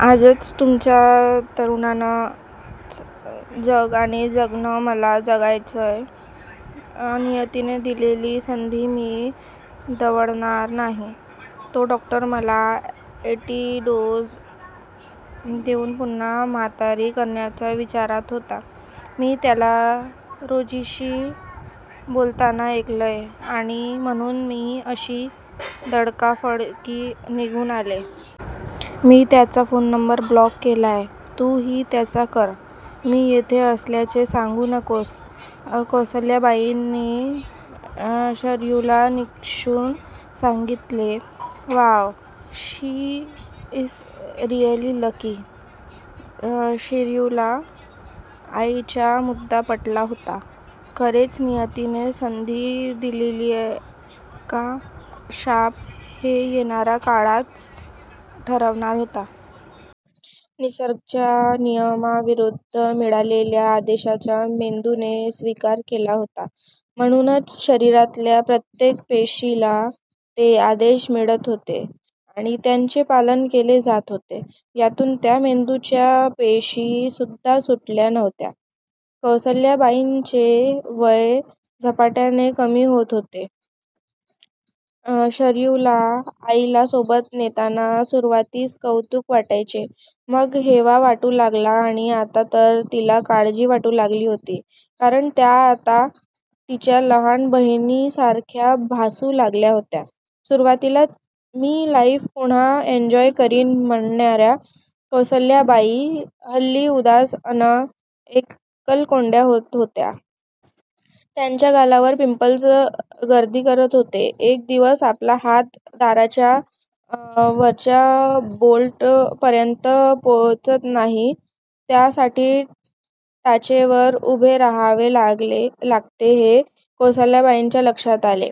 आजच तुम्हा तरुणांचं 'जग' आणि 'जगणं ' मला जगायचंय! नियतीने दिलेली संधी मी दवडणार नाही! तो डॉक्टर मला ऍंटीडोस देऊन पुन्हा म्हातारी करण्याच्या विचारात होता! मी त्याला रोजीशी बोलताना ऐकलंय! आणि म्हणून मी अशी तडकाफडकी निघून आले! मी त्याचा फोन नंबर ब्लॉक केलाय! तू हि त्याचा कर! मी येथे असल्याचे सांगू नकोस! कौसल्याबाईंनी शरयूला निक्षून सांगितले. Wow! She is really lucky! शरयूला आईचा मुद्दा पटला होता! खरेच नियतीने 'संधी' दिलीयय का, 'शाप ' हे येणारा काळच ठरवणार होता! निसर्गच्या नियमाविरुद्ध मिळालेल्या आदेशाचा मेंदूने स्वीकार केला होता! म्हणूनच शरीरातल्या प्रत्येक पेशीला ते आदेश मिळत होते! आणि त्यांचे पालन केले जात होते! यातून त्या मेंदूच्या पेशी सुद्धा सुटल्या नव्हत्या! कौसल्याबाईंचे वय झपाट्याने कमी होत होते. शरयूला आईला सोबत नेताना सुरवातीस कौतुक वाटायचे, मग हेवा वाटू लागला आणि आता तर तिला काळजी वाटू लागली होती. कारण त्या आता तिच्या लहान बहिणी सारख्या भासू लागल्या होत्या! सुरवातीला मी लाईफ पुन्हा एन्जॉय करीन म्हणणाऱ्या कौसल्याबाई, हल्ली उदास अन एक्कलकोंड्या होत होत्या! त्यांच्या गालावर पिंपल्स गर्दी करत होते! एक दिवस आपला हात दाराच्या वरच्या बोल्ट पर्यंत पोहचत नाही, त्या साठी टाचेवर उभे रहावे लागते हे कौसल्याबाईंच्या लक्षात आले.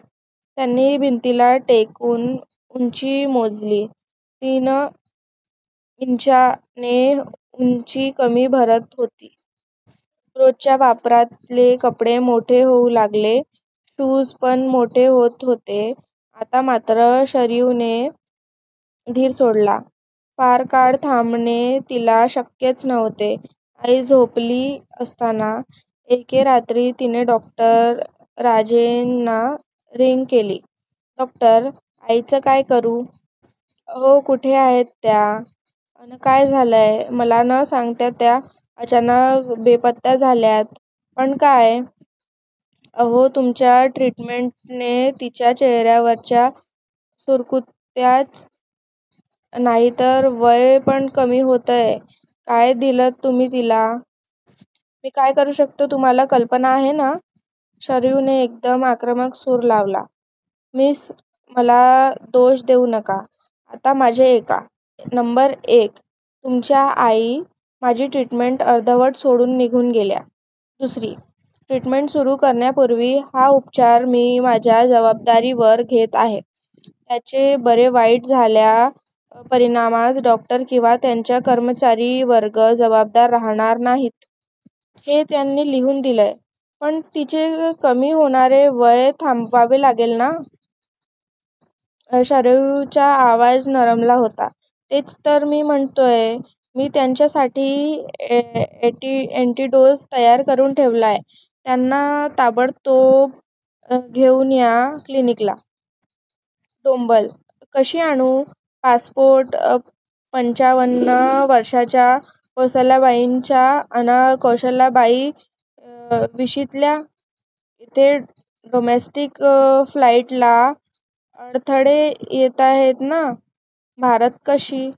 त्यांनी भिंतीला टेकून उंची मोजली. तीन इंचाने उंची कमी भरत होती! रोजच्या वापरातले कपडे मोठे होऊ लागले, शूज पण मोठे होत होते. आता मात्र शरयूने धीर सोडला. फारकाळ थांबणे तिला शक्यच नव्हते. आई झोपली असताना, एके रात्री तिने डॉ. राजेंना रिंग केली. " डॉक्टर, आईच काय करू? " "अहो, कुठं आहेत त्या? अन काय झालंय? मला न सांगता त्या अचानक बेपत्ता झाल्यात! " "पण काय? " "अहो, तुमच्या ट्रीटमेंटने तिच्या चेहऱ्यावरच्या सुरकुत्याच, नाही तर वय पण कमी होतंय! काय दिलंत तुम्ही तिला? मी काय करू शकते तुम्हाला कल्पना आहे ना? " शरयूने एकदम आक्रमक सूर लावला. "मिस! मला दोष देऊ नका! आता माझे ऐका! नंबर एक, तुमच्या आई, माझी ट्रीटमेंट अर्धवट सोडून निघून गेल्या. दुसरे, ट्रीटमेंट सुरु करण्यापूर्वी 'हा उपचार, मी माझ्या जवाबदारीवर घेत आहे, त्याचे बरे वाईट झालेल्या परिणामास डॉक्टर किंवा त्यांचा कर्मचारी वर्ग जवाबदार रहाणार नाहीत. हे त्यांनी लिहून दिलीय! " "पण तिचे कमी होणारे वय थांबवावे लागेल ना? " शरयूचा आवाज नरमला होता. " तेच तर मी म्हणतोय! मी त्यांच्या साठी ऍंटीडोस तयार करून ठेवलाय! त्यांना ताबडतोब घेऊन या क्लिनिकला! " डोंबल! कशी आणू? पासपोर्ट, पंचावन्न वर्षाच्या कौसल्याबाईचा अन कौशल्याबाई विशीतल्या! येथे डोमॅस्टिक फ्लाईटला अडथळे येताहेत, भारतात कशी